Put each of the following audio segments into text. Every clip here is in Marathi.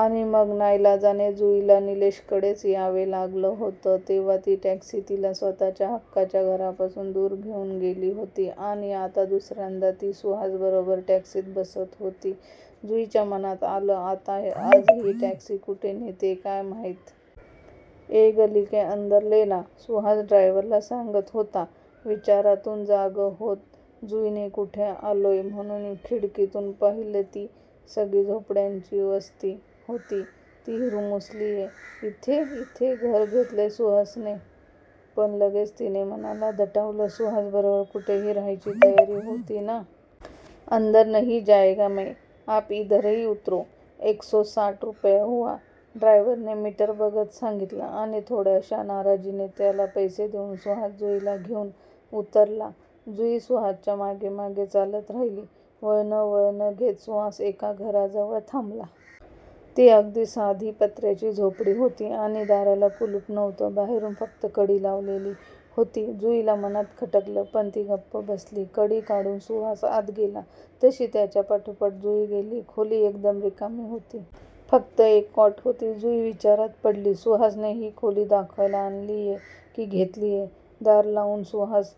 आणि मग नाईलाजाने जुईला निलेशकडेच यावं लागलं होतंतेव्हा ती टॅक्सी तिला स्वतःच्या हक्काच्या घरापासून दूर घेऊन गेली होतीआणि आता दुसऱ्यांदा ती सुहासबरोबर टॅक्सीत बसत होती. जुईच्या मनात आलंआता आज ही टॅक्सी कुठे नेतेय काय माहित? "ये गलीके अंदर लेना"सुहास ड्रायव्हरला सांगत होताविचारातून जागं होत जुईने कुठे आलोय म्हणून खिडकीतून पाहिलंती सगळी झोपड्यांची वस्ती होती. ती हिरमुसलीइथे? इथे घर घेतलंय सुहासने? पण लगेच तिने मनाला दटावलंसुहासबरोबर कुठेही राहायची तयारी होती ना? "अंदर नही जायेगा मै. आप इधरही उतरोएकसोसाठ रुपया हुवा. " ड्रॉयव्हरने मीटर बघत सांगितलं आणि थोड्याशा नाराजीने त्याला पैसे देऊन सुहास जुईला घेऊन उतरलाजुई सुहासच्या मागेमागे चालत राहिली. वळणं वळणं घेत सुहास एका घराजवळ थांबला. ती अगदी साधी पत्र्याची झोपडी होती. आणि दाराला कुलूप नव्हतं. बाहेरून फक्त कडी लावलेली होती. जुईला मनांत खटकलं, पण ती गप्प बसलीकडी काढून सुहास आत गेला तशी त्याच्या पाठोपाठ जुई गेली. खोली एकदम रिकामी होती. फक्त एक कॉट होती. जुई विचारात पडलीसुहासने ही खोली दाखवायला आणलीय कि घेतलीय? दार लावून सुहास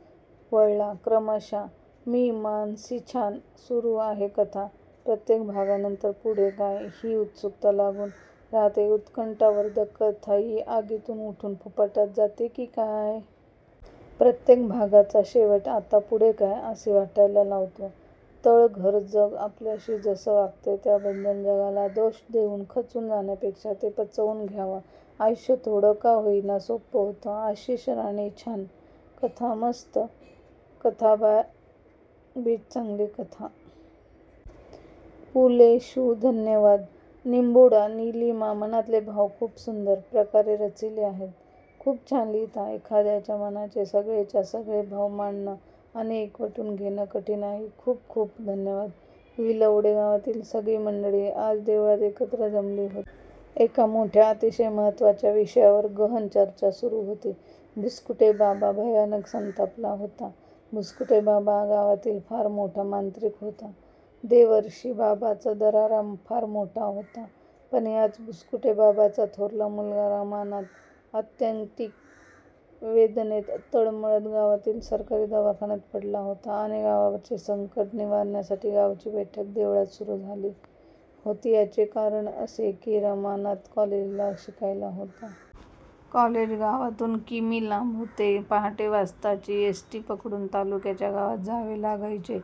वळलाक्रमशःमी मानसीछान सुरू आहे कथा. प्रत्येक भागानंतर पुढे काय, ही उत्सुकता लागून राहतेउत्कंठावर्धक कथाही आगीतून उठून फुफाट्यात जाते की काय???? प्रत्येक भागाचा शेवट "आता पुढे काय? " असे वाटायला लावतो! तळघरजग आपल्याशी जसं वागतंय त्याबद्दल जगाला दोष देवून खचून जाण्यापेक्षा ते पचवून घ्यावंआयुष्य थोडं का होईना सोप्पं होतं. आशिष राणेछान कथा. मस्त कथाबीजचांगली कथा.. पुलेशुधन्यवाद, निंबुडा, निलिमामनातले भाव खुप सुन्दर प्रकारे रचिले आहेत. खुप छान लिहिता.. एखाद्याच्या मनाचे सगळेच्या सगळे भाव मांडणं आणि एकवटून घेणं कठीण आहे..:खूप खूप धन्यवाद. विलवडे गावातील सगळी मंडळी आज देवळात एकत्र जमली होती. एका मोठ्या अतिशय महत्त्वाच्या विषयावर गहन चर्चा सुरू होती. भुस्कूटे बाबा भयानक संतापला होता. भुसकुटे बाबा गावातील फार मोठा मांत्रिक होता. देवर्षी बाबाचा दरारा फार मोठा होतापण याच भुसकुटे बाबाचा थोरला मुलगा रमानाथ आत्यंतिक वेदनेत तळमळत गावातील सरकारी दवाखान्यात पडला होता, आणि गावावरचे हे संकट निवारण्यासाठी गावाची बैठक देवळात सुरू झाली होतीयाचे कारण असे की रमानाथ कॉलेज ला शिकायला होता. कॉलेज गावातून किमी लांब होते. पहाटे. वाजताची एस टी पकडून तालुक्याच्या गावात जावे लागायचेरमानाथ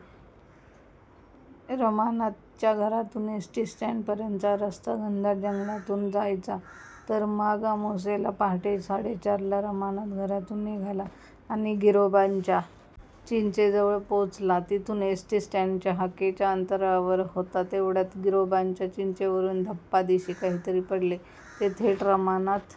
च्या घरातून एस टी स्टँड पर्यंतचा रस्ता घनदाट जंगलातून जायचातर माघ अमावास्येला पहाटे साडेचार ला रमानाथ घरातून निघालाआणि गिरोबाच्या चिंचेजवळ पोहोचलातिथून एस टी स्टँड हाकेच्या अंतरावर होतातेवढ्यात गिरोबाच्या चिंचेवरून धप्पदिशी काहीतरी पडले, ते थेट रमानाथ